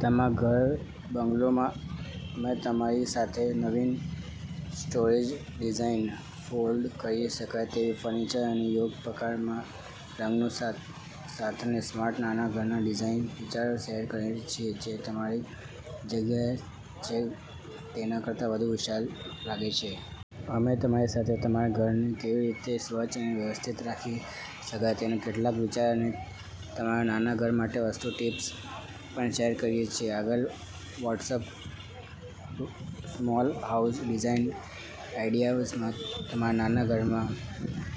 તમારા ઘરે. બ્લોગમાં, અમે તમારી સાથે નવીન સ્ટોરેજ ડિઝાઇન્સ, ફોલ્ડ કરી શકાય તેવા ફર્નિચર અને યોગ્ય પ્રકારના રંગો સાથેના સ્માર્ટ નાના ઘરના ડિઝાઇન વિચારો શેર કરીએ છીએ જે તમારી જગ્યા જે છે તેના કરતા વધુ વિશાળ લાગે છે. અમે તમારી સાથે તમારા ઘરને કેવી રીતે સ્વચ્છ અને વ્યવસ્થિત રાખી શકો તેના કેટલાક વિચારો અને તમારા નાના ઘર માટે વાસ્તુ ટિપ્સ પણ શેર કરીએ છીએ. આગળ વાંચોસ્માર્ટ સ્મોલ હાઉસ ડિઝાઇન આઇડિયાઝ તમારા નાના ઘરમાં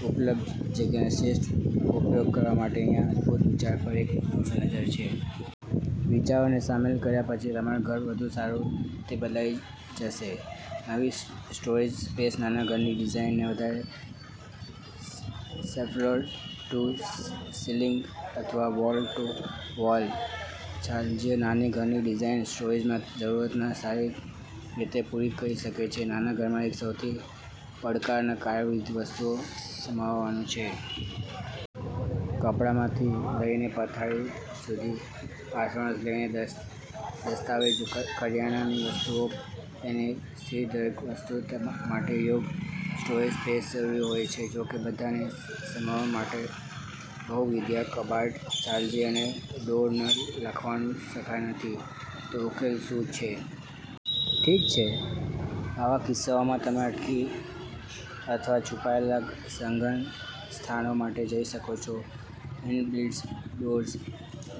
ઉપલબ્ધ જગ્યાનો શ્રેષ્ઠ ઉપયોગ કરવા માટે અહીં અદ્ભુત વિચારો પર એક નજર છે. વિચારોને સામેલ કર્યા પછી તમારું ઘર વધુ સારી રીતે બદલાઈ જશે. નવીન સ્ટોરેજ સ્પેસ નાના ઘરની ડિઝાઇનને વધારે છેફ્લોર ટુ સીલિંગ અથવા વોલ ટુ વોલ છાજલીઓ નાના ઘરની ડિઝાઇનમાં સ્ટોરેજની જરૂરિયાતોને સારી રીતે પૂરી કરી શકે છે નાના ઘરમાં એક સૌથી પડકારજનક કાર્યવિવિધ વસ્તુઓને સમાવવાનું છે. કપડાંથી લઈને પથારી સુધી, વાસણોથી લઈને દસ્તાવેજો, કરિયાણાની વસ્તુઓથી લઈને સ્થિરદરેક વસ્તુ માટે યોગ્ય સ્ટોરેજ સ્પેસની જરૂર હોય છે. જો કે, બધાને સમાવવા માટે બહુવિધ કબાટ, છાજલી અને ડ્રોઅર લાવવાનું શક્ય નથી. તો, ઉકેલ શું છે? ઠીક છે, આવા કિસ્સાઓમાં, તમે અટકી અથવા છુપાયેલા સંગ્રહ સ્થાનો માટે જઈ શકો છો. Inbuilt drawers,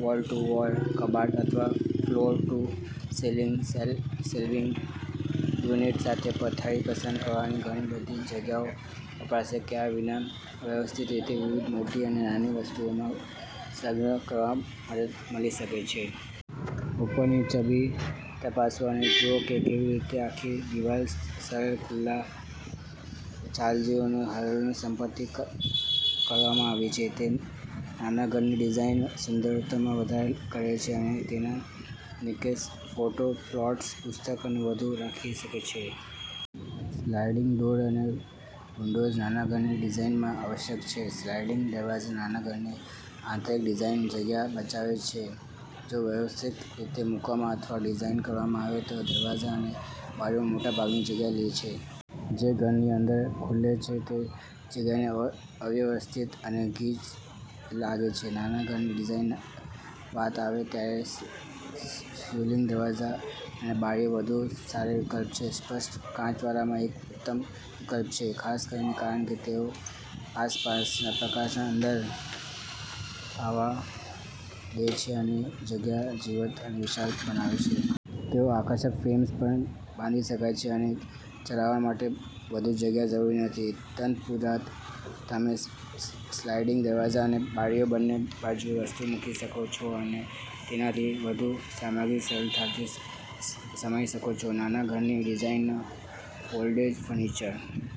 wall to wall કબાટ અથવા floor to ceiling shelving unit સાથે પથારી પસંદ કરવાથી ઘણી બધી જગ્યાનો વપરાશ કર્યા વિના વ્યવસ્થિત રીતે વિવિધ મોટી અને નાની વસ્તુઓનો સંગ્રહ કરવામાં મદદ મળી શકે છે. ઉપરની છબી તપાસો અને જુઓ કે કેવી રીતે આખી દિવાલ સરળ ખુલ્લા છાજલીઓની હરોળને સમર્પિત કરવામાં આવી છે. તે નાના ઘરની ડિઝાઇનની સુંદરતામાં વધારો કરે છે અને તેમાં નિક્કનેક્સ, ફોટા, પ્લાન્ટર્સ, પુસ્તકો અને વધુ રાખી શકાય છે. સ્લાઇડિંગ ડોર્સ અને વિન્ડોઝ નાના ઘરની ડિઝાઇનમાં આવશ્યક છે સ્લાઇડિંગ દરવાજા નાના ઘરની આંતરિક ડિઝાઇનમાં જગ્યા બચાવે છે જો વ્યૂહાત્મક રીતે મૂકવામાં અથવા ડિઝાઇનકરવામાં આવે તો દરવાજા અને બારીઓ મોટાભાગની જગ્યા લે છે. જે ઘરની અંદર ખુલે છે તે જગ્યાને અવ્યવસ્થિત અને ગીચ લાગે છે. નાના ઘરની ડિઝાઇનની વાત આવે ત્યારે સ્લાઇડિંગ દરવાજા અને બારીઓ વધુ સારો વિકલ્પ છે. સ્પષ્ટ કાચવાળા એક ઉત્તમ વિકલ્પ છે, ખાસ કરીને કારણ કે તેઓ આસપાસના પ્રકાશને અંદર આવવા દે છે અને જગ્યાને જીવંત અને વિશાળ બનાવે છે. તેઓ આકર્ષક ફ્રેમ્સ પર બાંધી શકાય છે અને ચલાવવા માટે વધુ જગ્યાની જરૂર નથી. તદુપરાંત, તમે સ્લાઇડિંગ દરવાજા અને બારીઓની બંને બાજુએ વસ્તુઓ મૂકી શકો છો અને તેથી વધુ સામગ્રીને સરળતાથી સમાવી શકો છો. નાના ઘરની ડિઝાઇનને ફોલ્ડેબલ ફર્નિચરની